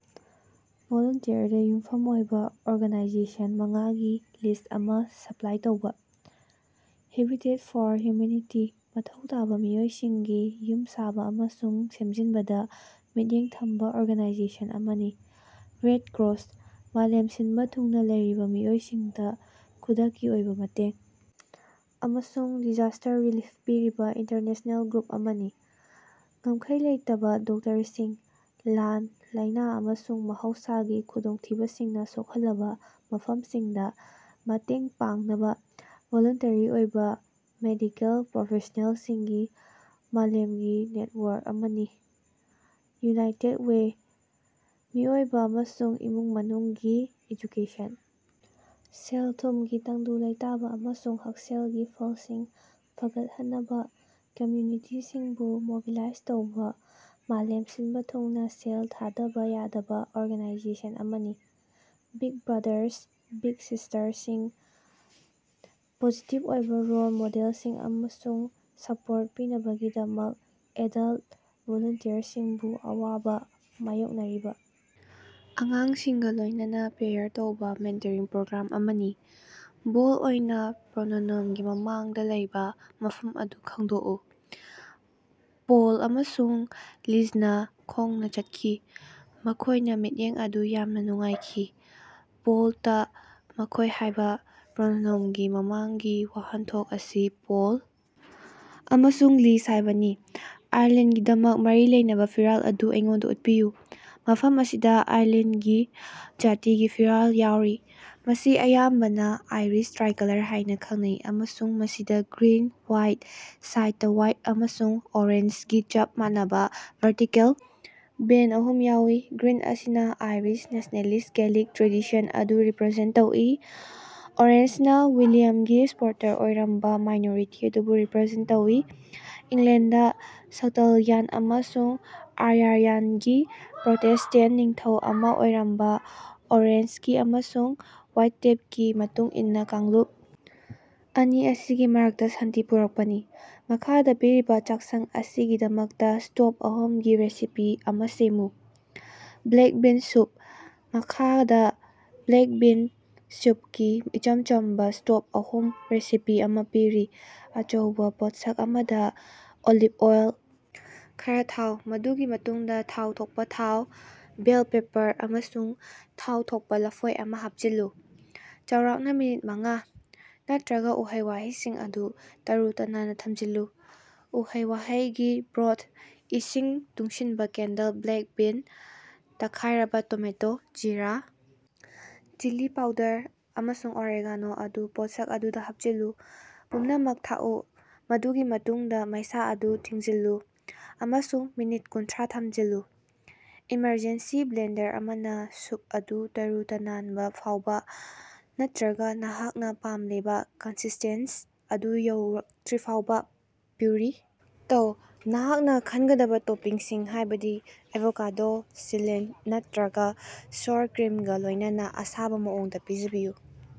ꯚꯣꯂꯨꯟꯇꯤꯌꯔꯗ ꯌꯨꯝꯐꯝ ꯑꯣꯏꯕ ꯑꯣꯔꯒꯥꯅꯥꯏꯖꯦꯁꯟ ꯃꯉꯥꯒꯤ ꯂꯤꯁ ꯑꯃꯥ ꯁꯄꯂꯥꯏ ꯇꯧꯕꯥ꯫ ꯍꯦꯕꯤꯇꯦꯠ ꯐꯣꯔ ꯍ꯭ꯌꯨꯃꯦꯅꯤꯇꯤ: ꯃꯊꯧ ꯇꯥꯕꯥ ꯃꯤꯑꯣꯏꯁꯤꯡꯒꯤ ꯌꯨꯝ ꯁꯥꯕ ꯑꯃꯁꯨꯡ ꯁꯦꯝꯖꯤꯟꯕꯗꯥ ꯃꯤꯠꯌꯦꯡ ꯊꯝꯕ ꯑꯣꯔꯒꯅꯥꯏꯖꯦꯁꯟ ꯑꯃꯅꯤ꯫ ꯔꯦꯗ ꯀ꯭ꯔꯣꯁ: ꯃꯥꯂꯦꯝ ꯁꯤꯟꯕ ꯊꯨꯡꯅ ꯂꯩꯔꯤꯕꯥ ꯃꯤꯑꯣꯏꯁꯤꯡꯗ ꯈꯨꯗꯛꯀꯤ ꯑꯣꯏꯕ ꯃꯇꯦꯡ ꯑꯃꯁꯨꯡ ꯗꯤꯖꯥꯁ꯭ꯇꯔ ꯔꯤꯂꯤꯐ ꯄꯤꯔꯤꯕ ꯏꯟꯇꯔꯅꯦꯁ꯭ꯅꯦꯜ ꯒ꯭ꯔꯨꯞ ꯑꯃꯅꯤ꯫ ꯉꯝꯈꯩ ꯂꯩꯇꯕꯥ ꯗꯣꯛꯇꯔꯁꯤꯡ: ꯂꯥꯟ, ꯂꯥꯏꯅꯥ, ꯑꯃꯁꯨꯡ ꯃꯍꯧꯁꯥꯒꯤ ꯈꯨꯗꯣꯡꯊꯤꯕꯁꯤꯡꯅ ꯁꯣꯛꯍꯜꯂꯕꯥ ꯃꯐꯝꯁꯤꯡꯗ ꯃꯇꯦꯡ ꯄꯥꯡꯅꯕ ꯚꯣꯂꯨꯟꯇꯔꯤ ꯑꯣꯏꯕ ꯃꯦꯗꯤꯀꯦꯜ ꯄ꯭ꯔꯣꯐꯦꯁ꯭ꯅꯦꯜꯁꯤꯡꯒꯤ ꯃꯥꯂꯦꯝꯒꯤ ꯅꯦꯠꯋꯥꯔꯛ ꯑꯃꯅꯤ꯫ ꯌꯨꯅꯥꯏꯇꯦꯗ ꯋꯦ: ꯃꯤꯑꯣꯏꯕꯥ ꯑꯃꯁꯨꯡ ꯏꯃꯨꯡ ꯃꯅꯨꯡꯒꯤ ꯢꯖꯨꯀꯦꯁꯟ, ꯁꯦꯜ-ꯊꯨꯝꯒꯤ ꯇꯪꯗꯨ ꯂꯩꯇꯥꯕ, ꯑꯃꯁꯨꯡ ꯍꯛꯁꯦꯜꯒꯤ ꯐꯜꯁꯤꯡ ꯐꯒꯠꯍꯟꯅꯕꯥ ꯀꯝꯌꯨꯅꯤꯇꯤꯁꯤꯡꯕꯨ ꯃꯣꯕꯤꯂꯥꯏꯖ ꯇꯧꯕꯥ ꯃꯥꯂꯦꯝ ꯁꯤꯟꯕ ꯊꯨꯡꯅ ꯁꯦꯜ ꯊꯥꯗꯕ ꯌꯥꯗꯕꯥ ꯑꯣꯔꯒꯅꯥꯏꯖꯦꯁꯟ ꯑꯃꯅꯤ꯫ ꯕꯤꯒ ꯕ꯭ꯔꯥꯗꯥꯔꯁ ꯕꯤꯒ ꯁꯤꯁ꯭ꯇꯔꯁꯤꯡ: ꯄꯣꯖꯤꯇꯤꯚ ꯑꯣꯏꯕ ꯔꯣꯜ ꯃꯣꯗꯦꯜꯁꯤꯡ ꯑꯃꯁꯨꯡ ꯁꯄꯣꯔꯠ ꯄꯤꯅꯕꯒꯤꯗꯃꯛ ꯑꯦꯗꯜꯠ ꯚꯣꯂꯨꯟꯇꯤꯌꯔꯁꯤꯡꯕꯨ ꯑꯋꯥꯕꯥ ꯃꯥꯌꯣꯛꯅꯔꯤꯕꯥ ꯑꯉꯥꯡꯁꯤꯡꯒ ꯂꯣꯏꯅꯅꯥ ꯄꯦꯌꯥꯔ ꯇꯧꯕ ꯃꯦꯟꯇꯔꯤꯡ ꯄ꯭ꯔꯣꯒ꯭ꯔꯥꯝ ꯑꯃꯅꯤ꯫ ꯕꯣꯜꯗ ꯑꯣꯏꯅꯥ ꯄ꯭ꯔꯣꯅꯣꯅꯣꯝꯒꯤ ꯃꯃꯥꯡꯗꯥ ꯂꯩꯕꯥ ꯃꯐꯝ ꯑꯗꯨ ꯈꯪꯗꯣꯛꯎ꯫ ꯄꯣꯜ ꯑꯃꯁꯨꯡ ꯂꯤꯖꯅꯥ ꯈꯣꯡꯅꯥ ꯆꯠꯈꯤ꯫ ꯃꯈꯣꯏꯅ ꯃꯤꯠꯌꯦꯡ ꯑꯗꯨ ꯌꯥꯝꯅꯥ ꯅꯨꯡꯉꯥꯏꯈꯤ꯫ ꯕꯣꯜꯗꯇꯥ ꯃꯈꯣꯏ ꯍꯥꯏꯕ ꯄ꯭ꯔꯣꯅꯣꯅꯣꯝꯒꯤ ꯃꯃꯥꯡꯒꯤ ꯋꯥꯍꯟꯊꯣꯛ ꯑꯁꯤ ꯄꯣꯜ ꯑꯃꯁꯨꯡ ꯂꯤꯖ ꯍꯥꯏꯕꯅꯤ꯫ ꯑꯥꯌꯔꯂꯦꯟꯗꯒꯤꯗꯃꯛ ꯃꯔꯤ ꯂꯩꯅꯕ ꯐꯤꯔꯥꯜ ꯑꯗꯨ ꯑꯩꯉꯣꯟꯗꯥ ꯎꯠꯄꯤꯌꯨ꯫ ꯃꯐꯝ ꯑꯁꯤꯗꯥ ꯑꯥꯌꯔꯂꯦꯟꯗꯒꯤ ꯖꯥꯇꯤꯒꯤ ꯐꯤꯔꯥꯜ ꯌꯥꯎꯔꯤ꯫ ꯃꯁꯤ ꯑꯌꯥꯝꯕꯅ ꯑꯥꯏꯔꯤꯁ ꯇ꯭ꯔꯥꯏꯀꯂꯔ ꯍꯥꯏꯅꯥ ꯈꯪꯅꯩ ꯑꯃꯁꯨꯡ ꯃꯁꯤꯗꯥ ꯒ꯭ꯔꯤꯟ ꯋꯥꯏꯁ꯭ꯠ ꯁꯥꯏꯗꯇꯥ ꯋꯥꯏꯠ ꯑꯃꯁꯨꯡ ꯑꯣꯔꯦꯟꯖꯒꯤ ꯆꯞ ꯃꯥꯟꯅꯕ ꯚꯔꯇꯤꯀꯦꯜ ꯕꯦꯟꯗ ꯑꯍꯨꯝ ꯌꯥꯎꯏ꯫ꯒ꯭ꯔꯤꯟ ꯑꯁꯤꯅ ꯑꯥꯏꯔꯤꯁ ꯅꯦꯁ꯭ꯅꯦꯂꯤꯁ꯭ꯠ ꯒꯦꯂꯤꯛ ꯇ꯭ꯔꯦꯗꯤꯁꯟ ꯑꯗꯨ ꯔꯤꯄꯔꯖꯦꯟꯠ ꯇꯧꯏ, ꯑꯣꯔꯦꯟꯖꯅꯥ ꯋꯤꯂꯤꯌꯝꯒꯤ ꯁꯄꯣꯔꯇꯔ ꯑꯣꯏꯔꯝꯕ ꯃꯥꯏꯅꯣꯔꯤꯇꯤ ꯑꯗꯨꯕꯨ ꯔꯤꯄꯔꯖꯦꯟꯠ ꯇꯧꯏ꯫ ꯏꯪꯂꯦꯟꯗ, ꯁꯛꯇꯜꯌꯥꯟꯗ ꯑꯃꯁꯨꯡ ꯑꯥꯌꯥꯔꯜꯌꯥꯟꯗꯒꯤ ꯄ꯭ꯔꯣꯇꯦꯁ꯭ꯇꯦꯟ ꯅꯤꯡꯊꯧ ꯑꯃꯥ ꯑꯣꯏꯔꯝꯕ ꯑꯣꯔꯦꯟꯖꯒꯤ ꯑꯃꯁꯨꯡ ꯋꯥꯏꯇꯦꯞꯀꯤ ꯃꯇꯨꯡ ꯏꯟꯅ ꯀꯥꯡꯂꯨꯞ ꯑꯅꯤ ꯑꯁꯤꯒꯤ ꯃꯔꯛꯇꯥ ꯁꯥꯟꯇꯤ ꯄꯨꯔꯛꯄꯅꯤ꯫ ꯃꯈꯥꯗꯥ ꯄꯤꯔꯤꯕꯥ ꯆꯥꯛꯁꯪ ꯑꯁꯤꯒꯤꯗꯃꯛꯇ ꯁ꯭ꯇꯣꯞ ꯑꯍꯨꯝꯒꯤ ꯔꯦꯁꯤꯄꯤ ꯑꯃꯥ ꯁꯦꯝꯃꯨ꯫ Black bean soup. ꯃꯈꯥꯗꯥ ꯕ꯭ꯂꯦꯛ ꯕꯤꯟ ꯁ꯭ꯌꯨꯞꯀꯤ ꯏꯆꯝ ꯆꯝꯕꯥ ꯁ꯭ꯇꯣꯞ ꯑꯍꯨꯝꯒꯤ ꯔꯦꯁꯤꯄꯤ ꯑꯃꯥ ꯄꯤꯔꯤ: ꯑꯆꯧꯕꯥ ꯄꯣꯠꯁꯛ ꯑꯃꯗꯥ, ꯑꯣꯂꯤꯚ ꯑꯣꯏꯜ ꯈꯔꯥ ꯊꯥꯎ, ꯃꯗꯨꯒꯤ ꯃꯇꯨꯡꯗ ꯊꯥꯎ ꯊꯣꯛꯄꯥ ꯊꯥꯎ, ꯕꯦꯜ ꯄꯦꯄꯔ, ꯑꯃꯁꯨꯡ ꯊꯥꯎ ꯊꯣꯛꯄ ꯂꯐꯣꯏ ꯑꯃꯥ ꯍꯥꯞꯆꯤꯜꯂꯨ꯫ ꯆꯥꯎꯔꯥꯛꯅ ꯃꯤꯅꯠ ꯃꯉꯥ, ꯅꯠꯇꯔꯒ ꯎꯍꯩ-ꯋꯥꯍꯩꯁꯤꯡ ꯑꯗꯨ ꯇꯔꯨ-ꯇꯅꯥꯟꯅ ꯊꯝꯖꯤꯜꯂꯨ꯫ ꯎꯍꯩ-ꯋꯥꯍꯩꯒꯤ ꯕ꯭ꯔꯣꯊ, ꯏꯁꯤꯡ ꯇꯨꯡꯁꯤꯟꯕꯥ ꯀꯦꯟꯗꯜ ꯕ꯭ꯂꯦꯛ ꯕꯤꯟ, ꯇꯛꯈꯥꯏꯔꯕꯥ ꯇꯣꯃꯦꯇꯣ, ꯖꯤꯔꯥ, ꯆꯤꯂꯤ ꯄꯥꯎꯗꯔ, ꯑꯃꯁꯨꯡ ꯑꯣꯔꯦꯒꯥꯅꯣ ꯑꯗꯨ ꯄꯣꯠꯁꯛ ꯑꯗꯨꯗ ꯍꯥꯞꯆꯤꯜꯂꯨ꯫ ꯄꯨꯝꯅꯃꯛ ꯊꯥꯛꯎ, ꯃꯗꯨꯒꯤ ꯃꯇꯨꯡꯗꯥ ꯃꯩꯁꯥ ꯑꯗꯨ ꯊꯤꯡꯖꯤꯜꯂꯨ ꯑꯃꯁꯨꯡ ꯃꯤꯅꯠ ꯀꯨꯟꯊꯔꯥ ꯊꯝꯖꯤꯜꯂꯨ꯫ ꯏꯃꯔꯖꯦꯟꯁꯤ ꯕ꯭ꯂꯦꯟꯗꯔ ꯑꯃꯅꯥ, ꯁ꯭ꯌꯨꯞ ꯑꯗꯨ ꯇꯔꯨ-ꯇꯅꯥꯟꯕꯥ ꯐꯥꯎꯕ, ꯅꯠꯇꯔꯒ ꯅꯍꯥꯛꯅ ꯄꯥꯝꯂꯤꯕ ꯀꯟꯁꯤꯁ꯭ꯇꯦꯟꯁ ꯑꯗꯨ ꯌꯧꯔꯛꯇꯔꯤꯐꯥꯎꯕ ꯄ꯭ꯌꯨꯔꯤ ꯇꯧ꯫ ꯅꯍꯥꯛꯅ ꯈꯟꯒꯗꯕꯥ ꯇꯣꯄꯤꯡꯁꯤꯡ ꯍꯥꯏꯕꯗꯤ ꯑꯦꯚꯣꯀꯦꯗꯣ, ꯁꯤꯂꯟꯇ, ꯅꯠꯇꯔꯒꯥ ꯁꯧꯔ ꯀ꯭ꯔꯤꯝꯒꯥ ꯂꯣꯏꯅꯅꯥ ꯑꯁꯥꯕ ꯃꯑꯣꯡꯗꯥ ꯄꯤꯖꯕꯤꯌꯨ꯫